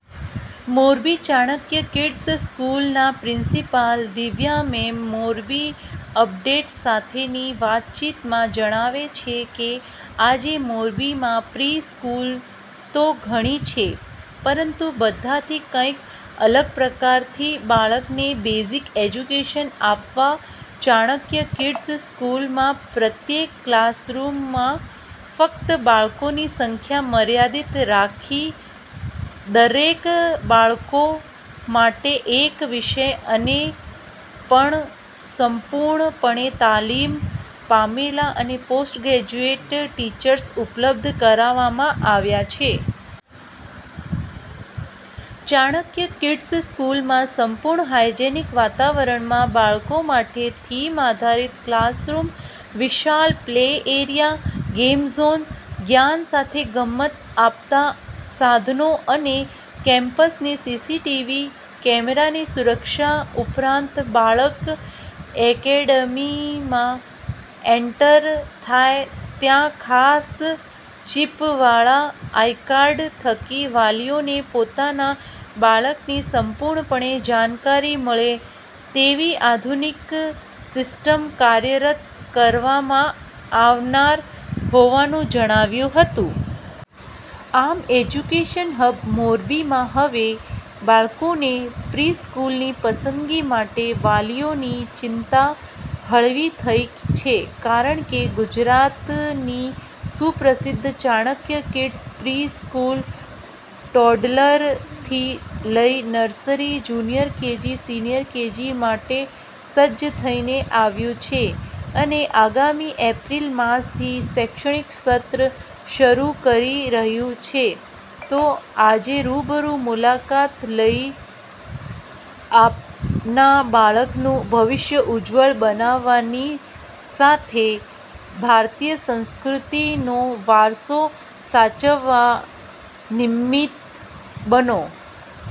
Morbi Chanakya kids સ્કૂલના principal Divya ma'am Morbi Update સાથેની વાતચીતમાં જણાવે છે કે આજે મોરબીમાં પ્રિ સ્કૂલ તો ઘણી છે પરંતુબધાથી કઈક અલગપ્રકારથી બાળકને બેઝિક એજ્યુકેશન આપવા ચાણક્ય કિડ્સ સ્કૂલમાં પ્રત્યેક કલાસરૂમમાં ફક્ત બાળકોની સંખ્યા મર્યાદિત રાખી દરેક બાળકો માટે એક શિક્ષક અનેપણ સંપૂર્ણ પણે તાલીમ પામેલા અને પોસ્ટ ગ્રેજ્યુએટ ટીચર્સ ઉપલબ્ધ કરાવવામાં આવ્યા છે. ચાણક્ય કિડ્સ સ્કૂલમાં સંપૂર્ણ હાઈજીનીક વાતાવરણમાં બાળકો માટે થીમ આધારિત કલાસરૂમ, વિશાળ પ્લે એરિયા, ગેમ ઝોન, જ્ઞાન સાથે ગમ્મત આપતા સાધનો અને કેમ્પસને સીસીટીવી કેમેરાની સુરક્ષા ઉપરાંત બાળક એકેડમીમાં એન્ટર થાય ત્યાંખાસ ચિપ વાળા આઈકાર્ડ થકી વાલીઓને પોતાના બાળકની સંપૂર્ણપણે જાણકારી મળે તેવી આધુનિક સિસ્ટમ કાર્યરત કરવામાં આવનાર હોવાનું જણાવ્યું હતું. આમ, એજ્યુકેશન હબ મોરબીમાં હવે બાળકોને પ્રિસ્કૂલની પસંદગી માટે વાલીઓની ચિંતા હળવી થઈ છે કારણ કે ગુજરાતની સુપ્રસિદ્ધ ચાણક્ય કીડસ્ પ્રિ સ્કૂલ ટોડલરથી લઈ nursery, junior KG, senior KG માટે સજ્જ થઈને આવ્યું છે અને આગામી એપ્રિલ માસથી શૈક્ષણિક સત્ર શરૂ કરી રહ્યું છે તો આજેરૂબરૂ મુલાકાત લઈ આપના બાળકનું ભવિષ્ય ઉજ્જવળ બનાવવાની સાથે ભારતીય સંસ્કૃતિનો વારસો સાચવવા નિમિત્ત બનો.